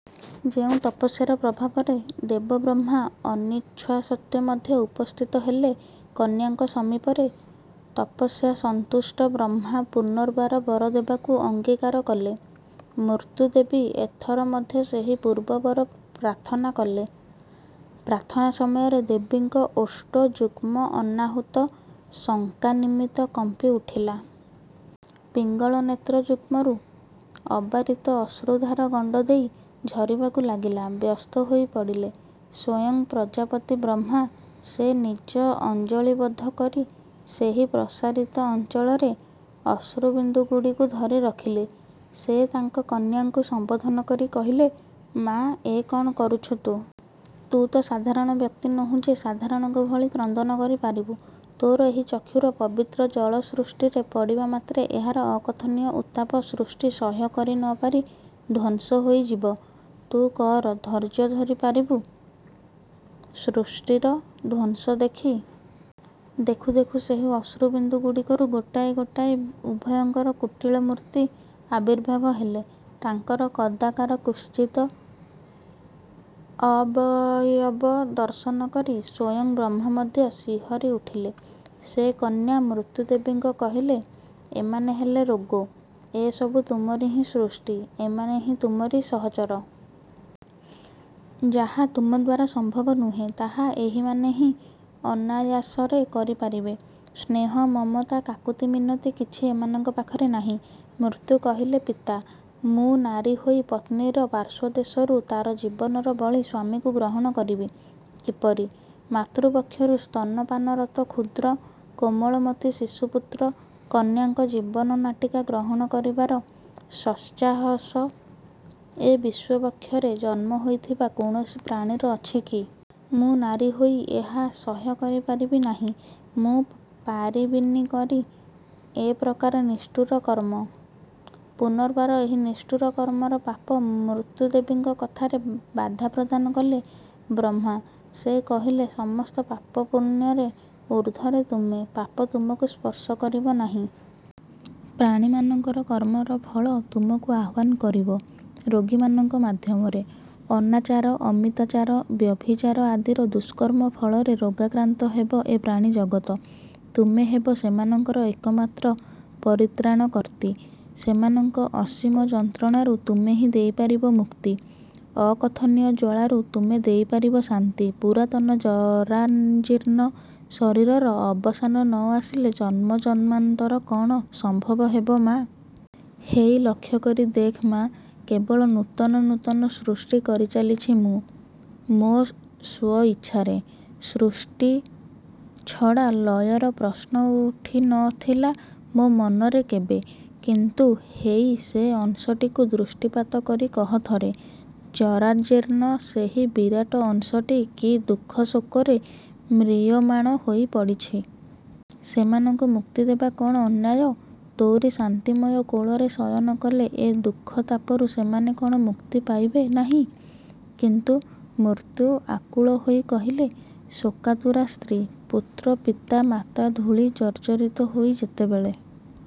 ଯେଉଁ ତପସ୍ୟାର ପ୍ରଭାବରେ ବେଦବ୍ରହ୍ମା ଅନିଚ୍ଛାସତ୍ତ୍ୱେ ମଧ୍ୟ ଉପସ୍ଥିତ ହେଲେ କନ୍ୟାଙ୍କ ସମୀପରେ। ତପସ୍ୟା-ସନ୍ତୁଷ୍ଟ-ବ୍ରହ୍ମା ପୁନର୍ବାର ବର ଦେବାକୁ ଅଙ୍ଗିକାର କଲେ। ମୃତ୍ୟୁଦେବୀ ଏଥର ମଧ୍ୟ ସେହି ପୂର୍ବ ବର ପ୍ରାର୍ଥନା କଲେ। ପ୍ରାର୍ଥନା ସମୟରେ ଦେବୀଙ୍କ ଓଷ୍ଠ ଯୁଗ୍ମ ଅନାହୁତ ଶଙ୍କା ନିମିତ୍ତ କମ୍ପି ଉଠିଲା। ପିଙ୍ଗଳ ନେତ୍ର-ଯୁଗ୍ମରୁ ଅବାରିତ ଅଶ୍ରୁଧାର ଗଣ୍ଡ ଦେଇ ଝରିବାକୁ ଲାଗିଲା। ବ୍ୟସ୍ତ ହୋଇ ପଡ଼ିଲେ ସ୍ୱୟଂ ପ୍ରଜାପତି ବ୍ରହ୍ମା। ସେ ନିଜ ଅଞ୍ଜଳିବଦ୍ଧ କରି ସେହି ପ୍ରସାରିତ ଅଞ୍ଜଳରେ ଅଶ୍ରୁବିନ୍ଦୁଗୁଡ଼ିକୁ ଧରି ରଖିଲେ। ସେ ତାଙ୍କ କନ୍ୟାଙ୍କୁ ସମ୍ୱୋଧନ କରି କହିଲେ, ମା! ଏ କଣ କରୁଛୁ ତୁ? ତୁ ତ ସାଧାରଣ ବ୍ୟକ୍ତି ନୋହୁଁ ଯେ ସାଧାରଣଙ୍କ ଭଳି କ୍ରନ୍ଦନ କରି ପାରିବୁ। ତୋର ଏହି ଚକ୍ଷୁର ପବିତ୍ର ଜଳ ସୃଷ୍ଟିରେ ପଡ଼ିବା ମାତ୍ରେ ଏହାର ଅକଥନୀୟ ଉତ୍ତାପ ସୃଷ୍ଟି ସହ୍ୟ କରି ନ ପାରି ଧ୍ୱଂସ ହୋଇଯିବ। ତୁ କ'ର ଧୈର୍ଯ୍ୟ ଧରି ପାରିବୁ ସୃଷ୍ଟିର ଧ୍ୱଂସ ଦେଖି? ଦେଖୁ ଦେଖୁ ସେହି ଅଶ୍ରୁ ବିନ୍ଦୁ ଗୁଡ଼ିକରୁ ଗୋଟିଏ ଗୋଟିଏ ଭୟଙ୍କର କୁଟିଳ ମୂର୍ତ୍ତି ଆବିର୍ଭାବ ହେଲେ। ତାଙ୍କର କଦାକାର କୁତ୍ସିତ ଅବୟବ ଦର୍ଶନ କରି ସ୍ୱୟଂ ବ୍ରହ୍ମା ମଧ୍ୟ ଶିହରି ଉଠିଲେ। ସେ କନ୍ୟା ମୃତ୍ୟୁଦେବୀଙ୍କ କହିଲେ-ଏମାନେ ହେଲେ ରୋଗ, ଏ ସବୁ ତୁମରି ହିଁ ସୃଷ୍ଟି, ଏମାନେ ହିଁ ତୁମରି ସହଚର। ଯାହା ତୁମଦ୍ୱାରା ସମ୍ଭବ ନୁହେଁ ତାହା ଏହିମାନେ ହିଁ ଅନାୟାସରେ କରିପାରିବେ। ସ୍ନେହ, ମମତା, କାକୁତି, ମିନତି କିଛି ଏମାନଙ୍କ ପାଖରେ ନାହିଁ। ମୃତ୍ୟୁ କହିଲେ, ପିତା! ମୁଁ ନାରୀ ହୋଇ ପତ୍ନୀର ପାର୍ଶ୍ୱଦେଶରୁ ତାର ଜୀବନର ବଳି ସ୍ୱାମୀକୁ ଗ୍ରହଣ କରିବି କିପରି। ମାତୃବକ୍ଷରୁ ସ୍ତନପାନରତ କ୍ଷୁଦ୍ର କୋମଳମତି ଶିଶୁ, ପୁତ୍ର, କନ୍ୟାଙ୍କ ଜୀବନ ନାଟିକା ଗ୍ରହଣ କରିବାର ସତ୍ସାହସ ଏ ବିଶ୍ୱ ବକ୍ଷରେ ଜନ୍ମ ହୋଇଥିବା କୌଣସି ପ୍ରାଣୀର ଅଛି କି? ମୁଁ ନାରୀ ହୋଇ ଏହା ସହ୍ୟ କରିପାରିବି ନାହିଁ। ମୁଁ ପାରିବିନି କରି ଏ ପ୍ରକାର ନିଷ୍ଠୁର କର୍ମ। ପୂନର୍ବାର ଏହି ନିଷ୍ଠୁର କର୍ମର ପାପ ମୃତ୍ୟୁଦେବୀଙ୍କ କଥାରେ ବାଧା ପ୍ରଦାନ କଲେ ବ୍ରହ୍ମା, ସେ କହିଲେ, ସମସ୍ତ ପାପପୁଣ୍ୟରେ ଊର୍ଦ୍ଧ୍ୱରେ ତୁମେ। ପାପ ତୁମକୁ ସ୍ପର୍ଶ କରିବ ନାହିଁ। ପ୍ରାଣୀମାନଙ୍କର କର୍ମର ଫଳ ତୁମକୁ ଆହ୍ୱାନ କରିବ ରୋଗୀମାନଙ୍କ ମାଧ୍ୟମରେ। ଅନାଚାର, ଅମିତାଚାର, ବ୍ୟଭିଚାର ଆଦିର ଦୁଷ୍କର୍ମ ଫଳରେ ରୋଗାକ୍ରାନ୍ତ ହେବ ଏ ପ୍ରାଣୀ ଜଗତ। ତୁମେ ହେବ ସେମାନଙ୍କର ଏକମାତ୍ର ପରିତ୍ରାଣକର୍ତ୍ତୀ। ସେମାନଙ୍କ ଅସୀମ ଯନ୍ତ୍ରଣାରୁ ତୁମେହିଁ ଦେଇପାରିବ ମୁକ୍ତି, ଅକଥନୀୟ ଜ୍ୱାଳାରୁ ତୁମେ ଦେଇପାରିବ ଶାନ୍ତି, ପୂରାତନ ଜରାଜୀର୍ଣ୍ଣ ଶରୀରର ଅବସାନ ନ ଆସିଲେ ଜନ୍ମ ଜନ୍ମାନ୍ତର କ'ଣ ସମ୍ଭବ ହେବ ମା! ହେଇ ଲକ୍ଷ୍ୟକରି ଦେଖ୍ ମା, କେବଳ ନୂତନ ନୂତନ ସୃଷ୍ଟି କରିଚାଲିଛି ମୁଁ, ମୋ ସ୍ୱଇଚ୍ଛାରେ। ସୃଷ୍ଟି ଛଡ଼ା ଲୟର ପ୍ରଶ୍ନ ଉଠି ନ ଥିଲା ମୋ ମନରେ କେବେ। କିନ୍ତୁ-ହେଇ ସେ ଅଂଶଟିକୁ ଦୃଷ୍ଟିପାତ କରି କହ ଥରେ, ଜରାଜୀର୍ଣ୍ଣ ସେହି ବିରାଟ ଅଂଶଟି କି ଦୁଃଖ ଶୋକରେ ମ୍ରିୟମାଣ ହୋଇପଡ଼ିଛି। ସେମାନଙ୍କୁ ମୁକ୍ତି ଦେବା କ'ଣ ଅନ୍ୟାୟ? ତୋରି ଶାନ୍ତିମୟ କୋଳରେ ଶୟନ କଲେ ଏ ଦୁଃଖ ତାପରୁ ସେମାନେ କଣ ମୁକ୍ତି ପାଇବେ ନାହିଁ? କିନ୍ତୁ-। ମୃତ୍ୟୁ ଆକୁଳ ହୋଇ କହିଲେ-ଶୋକାତୁରା ସ୍ତ୍ରୀ, ପୁତ୍ର, ପିତା, ମାତା, ଧୂଳି ଜର୍ଜରିତ ହୋଇ ଯେତେବେଳେ